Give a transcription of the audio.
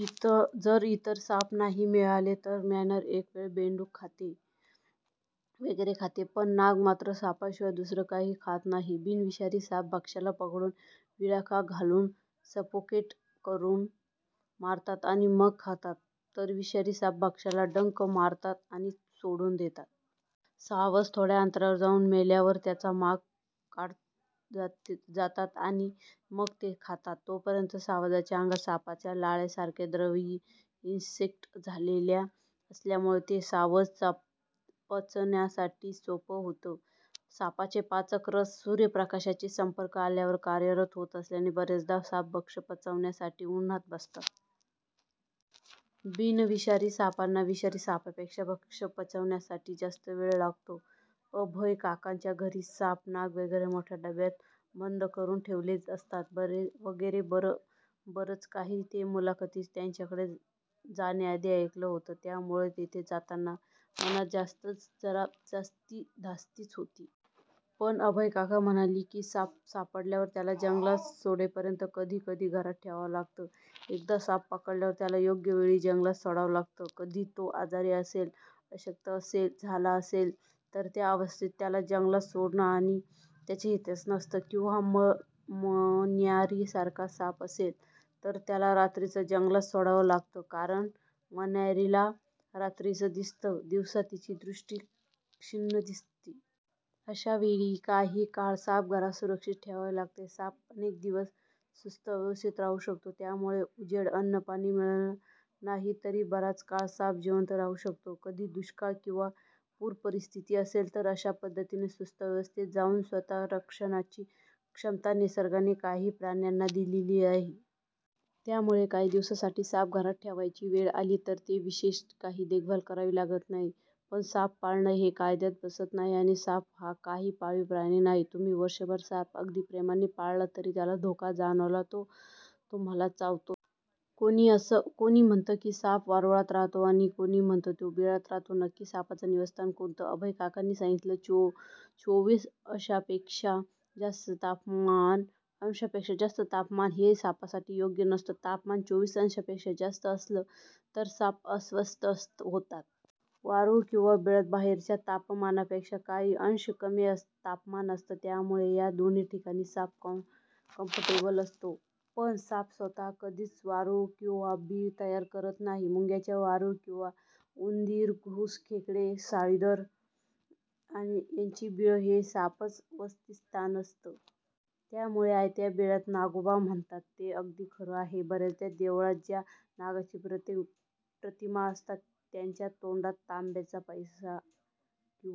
जर इतर साप नाही मिळाले तर मण्यार एकवेळ बेडूक वगैरे खाते, पण नाग मात्र सापांशिवाय दुसरं काहीही खात नाही. बिनविषारी साप भक्ष्याला पकडून, विळखा घालून सफोकेट करून मारतात आणि मग खातात, तर विषारी साप भक्ष्याला डंख मारतात आणि सोडून देतात. सावज थोड्या अंतरावर जाऊन मेल्यावर त्याचा माग काढत जातात आणि मग ते खातात. तोपर्यंत सावजाच्या अंगात सापाचा लाळेसारखा द्रवही इंजेक्ट झालेला असल्यामुळे ते सावज पचण्यासाठी सोपं होतं. सापाचे पाचक रस सूर्यप्रकाशाशी संपर्क आल्यावर कार्यरत होत असल्याने बऱ्याचदा साप भक्ष्य पचवण्यासाठी उन्हात बसतात. बिनविषारी सापांना विषारी सापांपेक्षा भक्ष्य पचवण्यासाठी जास्त वेळ लागतो. अभयकाकांच्या घरी साप, नाग वगैरे मोठ्या डब्यात बंद करून ठेवलेले असतात वगैरे बरंच काही, या मुलाखतीसाठी त्यांच्याकडे जाण्याआधी ऐकलं होतं. त्यामुळे तिथे जाताना मनात जरा धास्तीच होती. पण अभयकाका म्हणाले की साप सापडल्यावर त्याला जंगलात सोडेपर्यंत कधी कधी घरात ठेवावं लागतं. एखादा साप पकडल्यावर त्याला योग्य वेळी जंगलात सोडावं लागतं. कधी तो आजारी असेल, अशक्त झाला असेल तर त्या अवस्थेत त्याला जंगलात सोडणं त्याच्या हिताचं नसतं किंवा मण्यारीसारखा साप असेल तर त्याला रात्रीच जंगलात सोडावं लागतं; कारण मण्यारीला रात्रीच दिसतं, दिवसा तिची दृष्टी क्षीण असते. अशा वेळी काही काळ साप घरात सुरक्षित ठेवावे लागतात. साप अनेक दिवस सुप्तावस्थेत राहू शकतो, त्यामुळे उजेड, अन्न-पाणी मिळालं नाही तरी बराच काळ साप जिवंत राहू शकतो. कधी दुष्काळ किंवा पूरपरिस्थिती असेल तर अशा पद्धतीने सुप्तावस्थेत जाऊन स्वतःचं रक्षण करण्याची क्षमता निसर्गाने काही प्राण्यांना दिलेली आहे. त्यामुळे काही दिवसांसाठी साप घरात ठेवायची वेळ आली तर त्याची विशेष काही देखभाल करावी लागत नाही. पण साप पाळणं हे कायद्यात बसत नाही आणि साप हा काही पाळीव प्राणी नाही. तुम्ही वर्षभर साप अगदी प्रेमाने पाळलात तरी त्याला धोका जाणवला तर तो तुम्हाला चावतोच! कोणी म्हणतं की साप वारुळात राहतो, कोणी म्हणतं की तो बिळात राहतो. नक्की सापाचं निवासस्थान कोणतं? अभयकाकांनी सांगितलं, चोवीस अंशांपेक्षा जास्त तापमान हे सापासाठी योग्य नसतं. तापमान चोवीस अंशांपेक्षा जास्त असेल तर साप अस्वस्थ होतात. वारूळ किंवा बिळात बाहेरच्या तापमानापेक्षा काही अंश कमी तापमान असतं. त्यामुळे या दोन्ही ठिकाणी साप कम्फर्टेबल असतो. पण साप स्वतः कधीच वारूळ किंवा बीळ तयार करत नाही. मुंग्यांचं वारूळ किंवा उंदीर, घूस, खेकडे, साळींदर यांची बिळं हे सापांचं वसतीस्थान असतं. त्यामुळे 'आयत्या बिळावर नागोबा' म्हणतात ते अगदी खरं आहे! बऱ्याचदा देवळात ज्या नागाच्या प्रतिमा असतात त्यांच्या तोंडात तांब्याचा पैसा किंवा